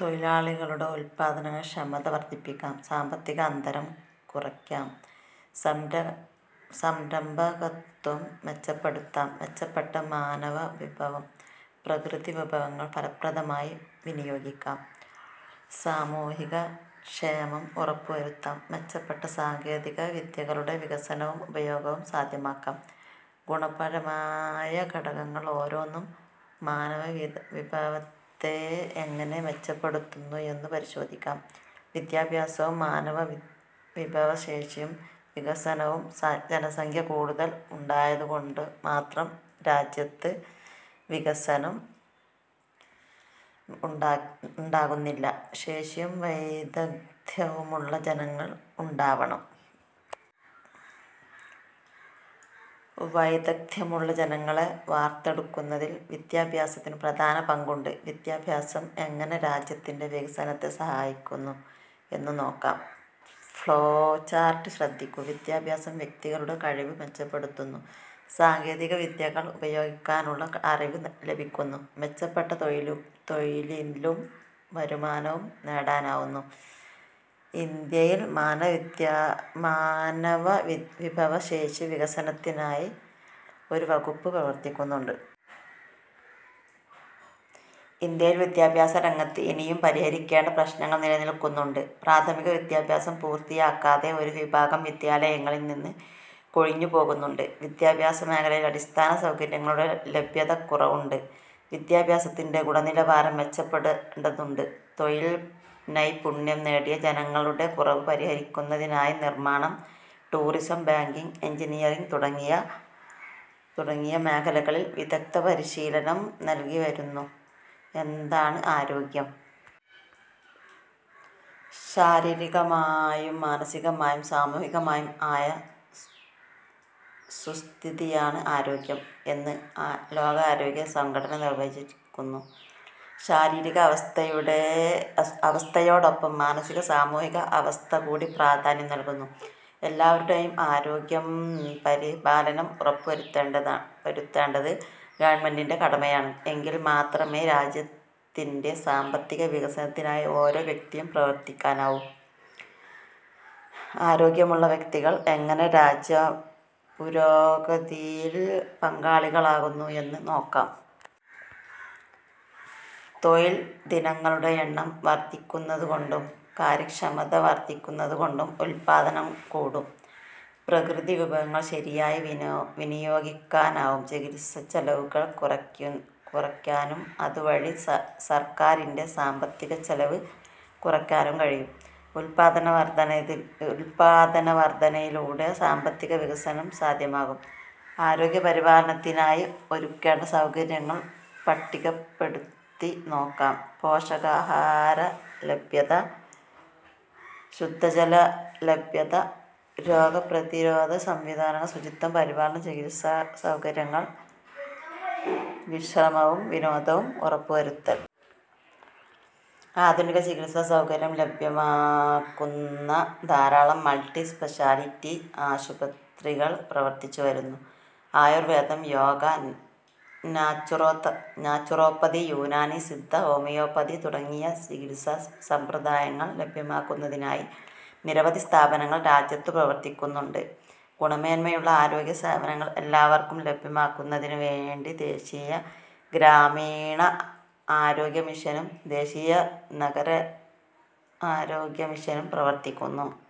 തൊഴിലാളികളുടെ ഉൽപ്പാദന ക്ഷമത വർധിപ്പിക്കാം. സാമ്പത്തിക അന്തരം കുറയ്ക്കാം. സംരംഭകത്വം മെച്ചപ്പെടുത്താം. മെച്ചപ്പെട്ട മാനവ വിഭവം പ്രകൃതിവിഭവങ്ങൾ ഫലപ്രദമായി വിനിയോഗിക്കാം. സാമൂഹികക്ഷേമം ഉറപ്പുവരുത്താം. മെച്ചപ്പെട്ട സാങ്കേതികവിദ്യകളുടെ വികസനവും ഉപയോഗവും സാധ്യമാക്കാം. ഗുണപരമായ ഘടകങ്ങൾ ഓരോന്നും മാനവവിഭവത്തെ എങ്ങനെ മെച്ചപ്പെടുത്തുന്നു എന്നു പരിശോധിക്കാം. വിദ്യാഭ്യാസവും മാനവവിഭവശേഷി വികസനവും ജനസംഖ്യ കൂടുതൽ ഉണ്ടായതുകൊണ്ടുമാത്രം രാജ്യത്ത് വികസനം ഉണ്ടാകുന്നില്ല; ശേഷിയും വൈദഗ്ധ്യവുമുള്ള ജനങ്ങൾ ഉണ്ടാവണം. വൈദഗ്ധ്യമുള്ള ജനങ്ങളെ വാർത്തെടുക്കുന്നതിൽ വിദ്യാഭ്യാസത്തിന് പ്രധാന പങ്കുണ്ട്. വിദ്യാഭ്യാസം എങ്ങനെ രാജ്യത്തിന്റെ വികസനത്തെ സഹായിക്കുന്നു എന്നു നോക്കാം. ഫ്ളോചാർട്ട് ശ്രദ്ധിക്കൂ. വിദ്യാഭ്യാസം വ്യക്തികളുടെ കഴിവ് മെച്ചപ്പെടുത്തുന്നു. സാങ്കേതികവിദ്യകൾ ഉപയോഗിക്കാനുള്ള അറിവ് ലഭിക്കുന്നു. മെച്ചപ്പെട്ട തൊഴിലും വരുമാനവും നേടാനാവുന്നു. ഇന്ത്യയിൽ മാനവവിഭവശേഷി വികസനത്തിനായി ഒരു വകുപ്പ് പ്രവർത്തിക്കുന്നുണ്ട്. ഇന്ത്യയിൽ വിദ്യാഭ്യാസരംഗത്ത് ഇനിയും പരിഹരിക്കേണ്ട പ്രശ്നങ്ങൾ നിലനിൽക്കുന്നുണ്ട്. പ്രാഥമികവിദ്യാഭ്യാസം പൂർത്തിയാക്കാതെ ഒരു വിഭാഗം വിദ്യാലയങ്ങളിൽനിന്ന് കൊഴിഞ്ഞുപോകുന്നുണ്ട്. വിദ്യാഭ്യാസമേഖലയിൽ അടിസ്ഥാനസൗകര്യങ്ങളുടെ ലഭ്യതക്കുറവുണ്ട്. വിദ്യാഭ്യാസത്തിന്റെ ഗുണനിലവാരം മെച്ചപ്പെടേണ്ടതുണ്ട്. തൊഴിൽ നൈപുണ്യം നേടിയ ജനങ്ങളുടെ കുറവ് പരിഹരിക്കുന്നതിനായി നിർമാണം, ടൂറിസം, ബാങ്കിങ്, എൻജിനിയറിങ് തുടങ്ങിയ മേഖലകളിൽ വിദഗ്ധപരിശീലനം നൽകിവരുന്നു. എന്താണ് ആരോഗ്യം? ശാരീരികമായും മാനസികമായും സാമൂഹികവുമായും ആയ സുസ്ഥിതിയാണ് ആരോഗ്യം എന്ന് ലോകാരോഗ്യ സംഘടന നിർവചിക്കുന്നു. ശാരീരിക അവസ്ഥയോടൊപ്പം മാനസിക-സാമൂഹിക അവസ്ഥകൂടി പ്രാധാന്യം നൽകുന്നു. എല്ലാവരുടെയും ആരോഗ്യപരിപാലനം ഉറപ്പുവരുത്തേണ്ടത് ഗവൺമെന്റിന്റെ കടമയാണ്. എങ്കിൽ മാത്രമേ രാജ്യത്തിന്റെ സാമ്പത്തികവികസനത്തിനായി ഓരോ വ്യക്തിയും പ്രവർത്തിക്കാനാവൂ. ആരോഗ്യമുള്ള വ്യക്തികൾ എങ്ങനെ രാജ്യപുരോഗതിയിൽ പങ്കാളികളാകുന്നു എന്നു നോക്കാം. തൊഴിൽ ദിനങ്ങളുടെ എണ്ണം വർധിക്കുന്നതുകൊണ്ടും കാര്യക്ഷമത വർധിക്കുന്നതുകൊണ്ടും ഉൽപ്പാദനം കൂടും. പ്രകൃതിവിഭവങ്ങൾ ശരിയായി വിനിയോഗിക്കാനാവും. ചികിത്സച്ചെലവുകൾ കുറയ്ക്കാനും അതുവഴി സർക്കാരിന്റെ സാമ്പത്തികച്ചെലവ് കുറയ്ക്കാനും കഴിയും. ഉൽപ്പാദനവർധനവിലൂടെ സാമ്പത്തികവികസനം സാധ്യമാകും. ആരോഗ്യപരിപാലനത്തിനായി ഒരുക്കേണ്ട സൗകര്യങ്ങൾ പട്ടികപ്പെടുത്തി നോക്കാം. പോഷകാഹാരലഭ്യത. ശുദ്ധജലലഭ്യത. രോഗപ്രതിരോധ സംവിധാനങ്ങൾ. ശുചിത്വപരിപാലനം. ചികിത്സാസൗകര്യങ്ങൾ. വിശ്രമവും വിനോദവും ഉറപ്പുവരുത്തൽ. ആധുനിക ചികിത്സാസൗകര്യം ലഭ്യമാക്കുന്ന ധാരാളം മൾട്ടി സ്പെഷ്യാലിറ്റി ആശുപത്രികൾ പ്രവർത്തിച്ചു വരുന്നു. ആയുർവേദം, യോഗ, നാച്ചുറോപ്പതി, യുനാനി, സിദ്ധ, ഹോമിയോപ്പതി തുടങ്ങിയ ചികിത്സാസമ്പ്രദായങ്ങൾ ലഭ്യമാക്കുന്നതിനായി നിരവധി സ്ഥാപനങ്ങൾ രാജ്യത്തു പ്രവർത്തിക്കുന്നുണ്ട്. ഗുണമേന്മയുള്ള ആരോഗ്യസേവനങ്ങൾ എല്ലാവർക്കും ലഭ്യമാക്കുന്നതിനുവേണ്ടി ദേശീയ ഗ്രാമീണ ആരോഗ്യ മിഷനും ദേശീയ നഗരാരോഗ്യ മിഷനും പ്രവർത്തിക്കുന്നു.